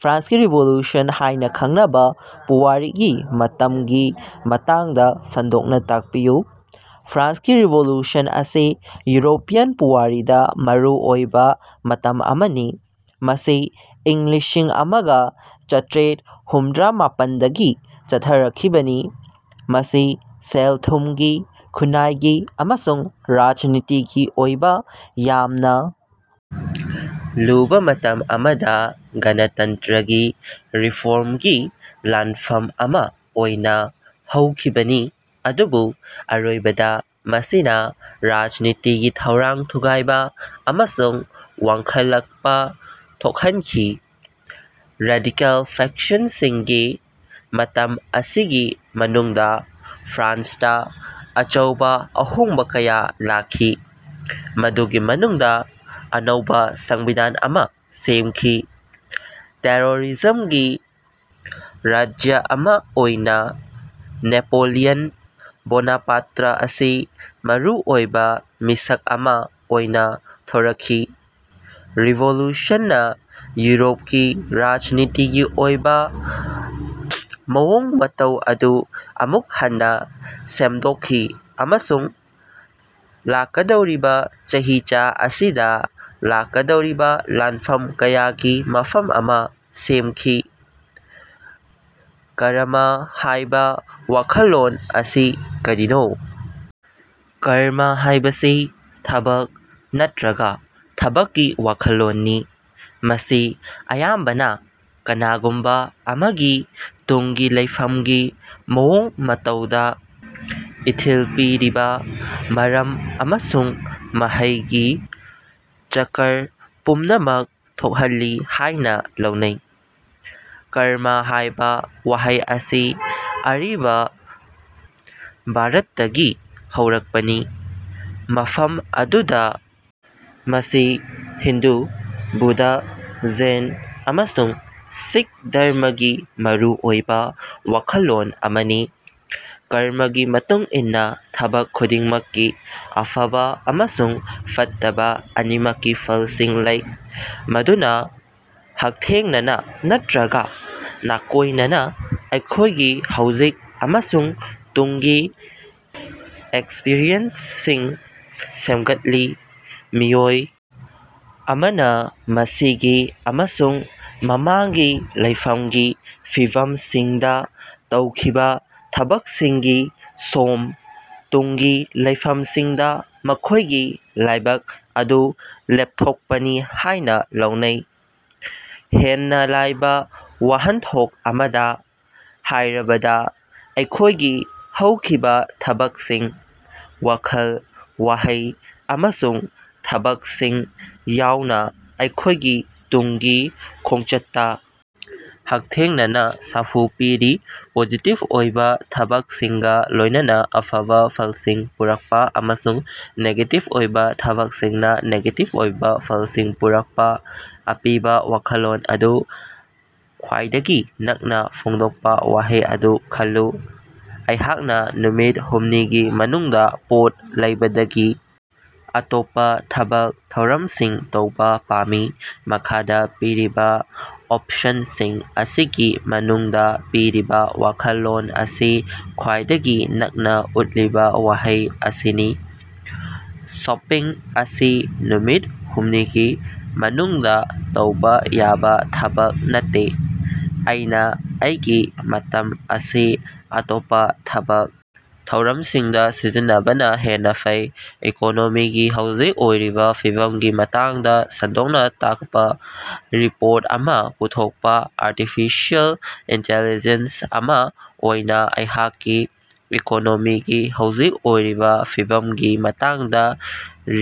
ꯐ꯭ꯔꯥꯟꯁꯀꯤ ꯔꯤꯚꯣꯂꯨꯁꯟ ꯍꯥꯏꯅ ꯈꯪꯅꯕ ꯄꯨꯋꯥꯔꯤꯒꯤ ꯃꯇꯝꯒꯤ ꯃꯇꯥꯡꯗ ꯁꯟꯗꯣꯛꯅ ꯇꯥꯛꯄꯤꯌꯨ꯫ ꯐ꯭ꯔꯥꯟꯁꯀꯤ ꯔꯤꯚꯣꯂꯨꯁꯟ ꯑꯁꯤ ꯌꯨꯔꯣꯄꯤꯌꯟ ꯄꯨꯋꯥꯔꯤꯗ ꯃꯔꯨ ꯑꯣꯏꯕ ꯃꯇꯝ ꯑꯃꯅꯤ꯫ ꯃꯁꯤ ꯏꯪ ꯂꯤꯁꯤꯡ ꯑꯃꯒ ꯆꯇ꯭ꯔꯦꯠ ꯍꯨꯝꯗ꯭ꯔꯥ ꯃꯥꯄꯟꯗꯒꯤ ꯆꯠꯊꯔꯛꯈꯤꯕꯅꯤ꯫ ꯃꯁꯤ ꯁꯦꯜ-ꯊꯨꯝꯒꯤ, ꯈꯨꯟꯅꯥꯏꯒꯤ ꯑꯃꯁꯨꯡ ꯔꯥꯖꯅꯤꯇꯤꯒꯤ ꯑꯣꯏꯕ ꯌꯥꯝꯅ ꯂꯨꯕ ꯃꯇꯝ ꯑꯃꯗ ꯒꯅꯇꯟꯇ꯭ꯔꯒꯤ ꯔꯤꯐꯣꯔꯝꯒꯤ ꯂꯥꯟꯐꯝ ꯑꯃ ꯑꯣꯏꯅ ꯍꯧꯈꯤꯕꯅꯤ ꯑꯗꯨꯕꯨ ꯑꯔꯣꯏꯕꯗ ꯃꯁꯤꯅ ꯔꯥꯖꯅꯤꯇꯤꯒꯤ ꯊꯧꯔꯥꯡ ꯊꯨꯒꯥꯏꯕ ꯑꯃꯁꯨꯡ ꯋꯥꯡꯈꯠꯂꯛꯄꯥ ꯊꯣꯛꯍꯟꯈꯤ꯫ ꯔꯦꯗꯤꯀꯦꯜ ꯐꯦꯛꯁꯟꯁꯤꯡꯒꯤ ꯃꯇꯝ ꯑꯁꯤꯒꯤ ꯃꯅꯨꯡꯗ ꯐ꯭ꯔꯥꯟꯁꯇ ꯑꯆꯧꯕ ꯑꯍꯣꯡꯕ ꯀꯌꯥ ꯂꯥꯛꯈꯤ꯫ ꯃꯗꯨꯒꯤ ꯃꯅꯨꯡꯗ ꯑꯅꯧꯕ ꯁꯪꯕꯤꯙꯥꯟ ꯑꯃ ꯁꯦꯝꯈꯤ꯫ ꯇꯦꯔꯣꯔꯤꯖꯝꯒꯤ ꯔꯥꯖ꯭ꯌ ꯑꯃ ꯑꯣꯏꯅ ꯅꯦꯄꯣꯂꯤꯌꯟ ꯕꯣꯅꯥꯄꯥꯔꯠ ꯑꯁꯤ ꯃꯔꯨꯑꯣꯏꯕ ꯃꯤꯁꯛ ꯑꯃ ꯑꯣꯏꯅ ꯊꯣꯔꯛꯈꯤ꯫ ꯔꯤꯚꯣꯂ꯭ꯌꯨꯁꯟꯅ ꯌꯨꯔꯣꯞꯀꯤ ꯔꯥꯖꯅꯤꯇꯤꯒꯤ ꯑꯣꯏꯕ ꯃꯑꯣꯡ ꯃꯇꯧ ꯑꯗꯨ ꯑꯃꯨꯛ ꯍꯟꯅ ꯁꯦꯝꯗꯣꯛꯈꯤ ꯑꯃꯁꯨꯡ ꯂꯥꯛꯀꯗꯧꯔꯤꯕ ꯆꯍꯤꯆꯥ ꯑꯁꯤꯗ ꯂꯥꯛꯀꯗꯧꯔꯤꯕ ꯂꯥꯟꯐꯝ ꯀꯌꯥꯒꯤ ꯃꯐꯝ ꯑꯃ ꯁꯦꯝꯈꯤ꯫ 'ꯀꯔꯃ ' ꯍꯥꯏꯕ ꯋꯥꯈꯜꯂꯣꯟ ꯑꯁꯤ ꯀꯔꯤꯅꯣ? ꯀꯔꯃ ꯍꯥꯏꯕꯁꯤ ꯊꯕꯛ ꯅꯠꯇ꯭ꯔꯒ ꯊꯕꯛꯀꯤ ꯋꯥꯈꯜꯂꯣꯟꯅꯤ꯫ ꯃꯁꯤ ꯑꯌꯥꯝꯕꯅ ꯀꯅꯥꯒꯨꯝꯕ ꯑꯃꯒꯤ ꯇꯨꯡꯒꯤ ꯂꯩꯐꯝꯒꯤ ꯃꯑꯣꯡ ꯃꯇꯧꯗ ꯏꯊꯤꯜ ꯄꯤꯔꯤꯕ ꯃꯔꯝ ꯑꯃꯁꯨꯡ ꯃꯍꯩꯒꯤ ꯆꯀꯔ ꯄꯨꯝꯅꯃꯛ ꯊꯣꯛꯍꯜꯂꯤ ꯍꯥꯏꯅ ꯂꯧꯅꯩ꯫ ꯀꯔꯃ ꯍꯥꯏꯕ ꯋꯥꯍꯩ ꯑꯁꯤ ꯑꯔꯤꯕ ꯚꯥꯔꯠꯇꯒꯤ ꯍꯧꯔꯛꯄꯅꯤ꯫ ꯃꯐꯝ ꯑꯗꯨꯗ ꯃꯁꯤ ꯍꯤꯟꯗꯨ, ꯕꯨꯗꯙ, ꯖꯩꯟ ꯑꯃꯁꯨꯡ ꯁꯤꯈ ꯙꯔꯃꯒꯤ ꯃꯔꯨ ꯑꯣꯏꯕ ꯋꯥꯈꯜꯂꯣꯟ ꯑꯃꯅꯤ꯫ ꯀꯔꯃꯒꯤ ꯃꯇꯨꯡ ꯏꯟꯅ ꯊꯕꯛ ꯈꯨꯗꯤꯡꯃꯛꯀꯤ ꯑꯐꯕ ꯑꯃꯁꯨꯡ ꯐꯠꯇꯕ ꯑꯅꯤꯃꯛꯀꯤ ꯐꯜꯁꯤꯡ ꯂꯩ꯫ ꯃꯗꯨꯅ ꯍꯛꯊꯦꯡꯅꯅ ꯅꯠꯇ꯭ꯔꯒ ꯅꯥꯀꯣꯏꯅꯅ ꯑꯩꯈꯣꯏꯒꯤ ꯍꯧꯖꯤꯛ ꯑꯃꯁꯨꯡ ꯇꯨꯡꯒꯤ ꯑꯦꯛꯁꯄꯤꯔꯤꯌꯦꯟꯁꯁꯤꯡ ꯁꯦꯝꯒꯠꯂꯤ꯫ ꯃꯤꯑꯣꯏ ꯑꯃꯅ ꯃꯁꯤꯒꯤ ꯑꯃꯁꯨꯡ ꯃꯃꯥꯡꯒꯤ ꯂꯩꯐꯝꯒꯤ ꯐꯤꯚꯝꯁꯤꯡꯗ ꯇꯧꯈꯤꯕ ꯊꯕꯛꯁꯤꯡꯒꯤ ꯁꯣꯝ, ꯇꯨꯡꯒꯤ ꯂꯩꯐꯝꯁꯤꯡꯗ ꯃꯈꯣꯏꯒꯤ ꯂꯥꯏꯕꯛ ꯑꯗꯨ ꯂꯦꯞꯊꯣꯛꯄꯅꯤ ꯍꯥꯏꯅ ꯂꯧꯅꯩ꯫ ꯍꯦꯟꯅ ꯂꯥꯏꯕ ꯋꯥꯍꯟꯊꯣꯛ ꯑꯃꯗ ꯍꯥꯏꯔꯕꯗ, ꯑꯩꯈꯣꯏꯒꯤ ꯍꯧꯈꯤꯕ ꯊꯕꯛꯁꯤꯡ: ꯋꯥꯈꯜ, ꯋꯥꯍꯩ ꯑꯃꯁꯨꯡ ꯊꯕꯛꯁꯤꯡ ꯌꯥꯎꯅ ꯑꯩꯈꯣꯏꯒꯤ ꯇꯨꯡꯒꯤ ꯈꯣꯡꯆꯠꯇ ꯍꯛꯊꯦꯡꯅꯅ ꯁꯥꯐꯨ ꯄꯤꯔꯤ꯫ ꯄꯣꯖꯤꯇꯤꯚ ꯑꯣꯏꯕ ꯊꯕꯛꯁꯤꯡꯒ ꯂꯣꯏꯅꯅ ꯑꯐꯕ ꯐꯜꯁꯤꯡ ꯄꯨꯔꯛꯄ ꯑꯃꯁꯨꯡ ꯅꯦꯒꯦꯇꯤꯚ ꯑꯣꯏꯕ ꯊꯕꯛꯁꯤꯡꯅ ꯅꯦꯒꯦꯇꯤꯚ ꯑꯣꯏꯕ ꯐꯜꯁꯤꯡ ꯄꯨꯔꯛꯄ꯫ ꯑꯄꯤꯕ ꯋꯥꯈꯜꯂꯣꯟ ꯑꯗꯨ ꯈ꯭ꯋꯥꯏꯗꯒꯤ ꯅꯛꯅ ꯐꯣꯡꯗꯣꯛꯄ ꯋꯥꯍꯩ ꯑꯗꯨ ꯈꯜꯂꯨ꯫ ꯑꯩꯍꯥꯛꯅ ꯅꯨꯃꯤꯠ ꯍꯨꯝꯅꯤꯒꯤ ꯃꯅꯨꯡꯗ ꯄꯣꯠ ꯂꯩꯕꯗꯒꯤ ꯑꯇꯣꯞꯄ ꯊꯕꯛ ꯊꯧꯔꯝꯁꯤꯡ ꯇꯧꯕ ꯄꯥꯝꯃꯤ꯫ ꯃꯈꯥꯗ ꯄꯤꯔꯤꯕ ꯑꯣꯞꯁꯟꯁꯤꯡ ꯑꯁꯤꯒꯤ ꯃꯅꯨꯡꯗ ꯄꯤꯔꯤꯕ ꯋꯥꯈꯜꯂꯣꯟ ꯑꯁꯤ ꯈ꯭ꯋꯥꯏꯗꯒꯤ ꯅꯛꯅ ꯎꯠꯂꯤꯕ ꯋꯥꯍꯩ ꯑꯁꯤꯅꯤ: "ꯁꯣꯄꯤꯡ ꯑꯁꯤ ꯅꯨꯃꯤꯠ ꯍꯨꯝꯅꯤꯒꯤ ꯃꯅꯨꯡꯗ ꯇꯧꯕ ꯌꯥꯕ ꯊꯕꯛ ꯅꯠꯇꯦ; ꯑꯩꯅ ꯑꯩꯒꯤ ꯃꯇꯝ ꯑꯁꯤ ꯑꯇꯣꯞꯄ ꯊꯕꯛ ꯊꯧꯔꯝꯁꯤꯡꯗ ꯁꯤꯖꯤꯟꯅꯕꯅ ꯍꯦꯟꯅ ꯐꯩ"꯫ ꯏꯀꯣꯅꯣꯃꯤꯒꯤ ꯍꯧꯖꯤꯛ ꯑꯣꯏꯔꯤꯕ ꯐꯤꯚꯝꯒꯤ ꯃꯇꯥꯡꯗ ꯁꯟꯗꯣꯛꯅ ꯇꯥꯛꯄ ꯔꯤꯄꯣꯔꯠ ꯑꯃ ꯄꯨꯊꯣꯛꯄ- ꯑꯥꯔꯇꯤꯐꯤꯁꯤꯌꯦꯜ ꯏꯟꯇꯦꯂꯤꯖꯦꯟꯁ ꯑꯃ ꯑꯣꯏꯅ ꯑꯩꯍꯥꯛꯀꯤ ꯏꯀꯣꯅꯣꯃꯤꯒꯤ ꯍꯧꯖꯤꯛ ꯑꯣꯏꯔꯤꯕ ꯐꯤꯕꯝꯒꯤ ꯃꯇꯥꯡꯗ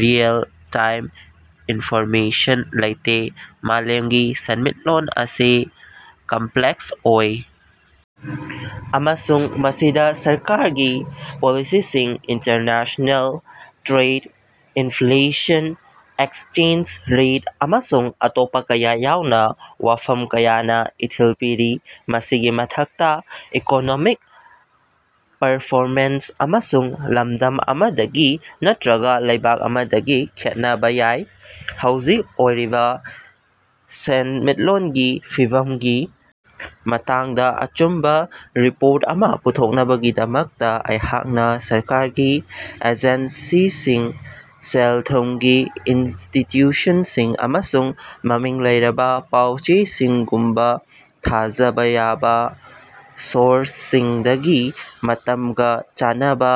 ꯔꯤꯑꯦꯜ ꯇꯥꯏꯝ ꯏꯟꯐꯣꯔꯃꯦꯁꯟ ꯂꯩꯇꯦ꯫ ꯃꯥꯂꯦꯝꯒꯤ ꯁꯦꯟꯃꯤꯠꯂꯣꯟ ꯑꯁꯤ ꯀꯝꯄ꯭ꯂꯦꯛꯁ ꯑꯣꯏ ꯑꯃꯁꯨꯡ ꯃꯁꯤꯗ ꯁꯔꯀꯥꯔꯒꯤ ꯄꯣꯂꯤꯁꯤꯁꯤꯡ, international trade, inflation, exchange rate ꯑꯃꯁꯨꯡ ꯑꯇꯣꯞꯄ ꯀꯌꯥ ꯌꯥꯎꯅ ꯋꯥꯐꯝ ꯀꯌꯥꯅ ꯏꯊꯤꯜ ꯄꯤꯔꯤ꯫ ꯃꯁꯤꯒꯤ ꯃꯊꯛꯇ ꯏꯀꯣꯅꯣꯃꯤꯛ ꯄꯔꯐꯣꯃꯦꯟꯁ ꯑꯁꯤ ꯂꯝꯗꯝ ꯑꯃꯗꯒꯤ ꯅꯠꯇ꯭ꯔꯒ ꯂꯩꯕꯥꯛ ꯑꯃꯗ ꯈꯦꯠꯅꯕ ꯌꯥꯏ꯫ ꯍꯧꯖꯤꯛ ꯑꯣꯏꯔꯤꯕ ꯁꯦꯟꯃꯤꯠꯂꯣꯟꯒꯤ ꯐꯤꯕꯝꯒꯤ ꯃꯇꯥꯡꯗ ꯑꯆꯨꯝꯕ ꯔꯤꯄꯣꯔꯠ ꯑꯃ ꯄꯨꯊꯣꯛꯅꯕꯒꯤꯗꯃꯛꯇ ꯑꯩꯍꯥꯛꯅ ꯁꯔꯀꯥꯔꯒꯤ ꯑꯦꯖꯦꯟꯁꯤꯁꯤꯡ, ꯁꯦꯜ-ꯊꯨꯝꯒꯤ ꯏꯟꯁꯇꯤꯇ꯭ꯌꯨꯁꯟꯁꯤꯡ ꯑꯃꯁꯨꯡ ꯃꯃꯤꯡ ꯂꯩꯔꯕ ꯄꯥꯎ-ꯆꯦꯁꯤꯡꯒꯨꯝꯕ ꯊꯥꯖꯕ ꯌꯥꯕ ꯁꯣꯔꯁꯁꯤꯡꯗꯒꯤ ꯃꯇꯝꯒ ꯆꯥꯟꯅꯕ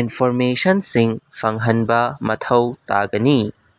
ꯏꯟꯐꯣꯔꯃꯦꯁꯟꯁꯤꯡ ꯐꯪꯍꯟꯕ ꯃꯊꯧ ꯇꯥꯒꯅꯤ꯫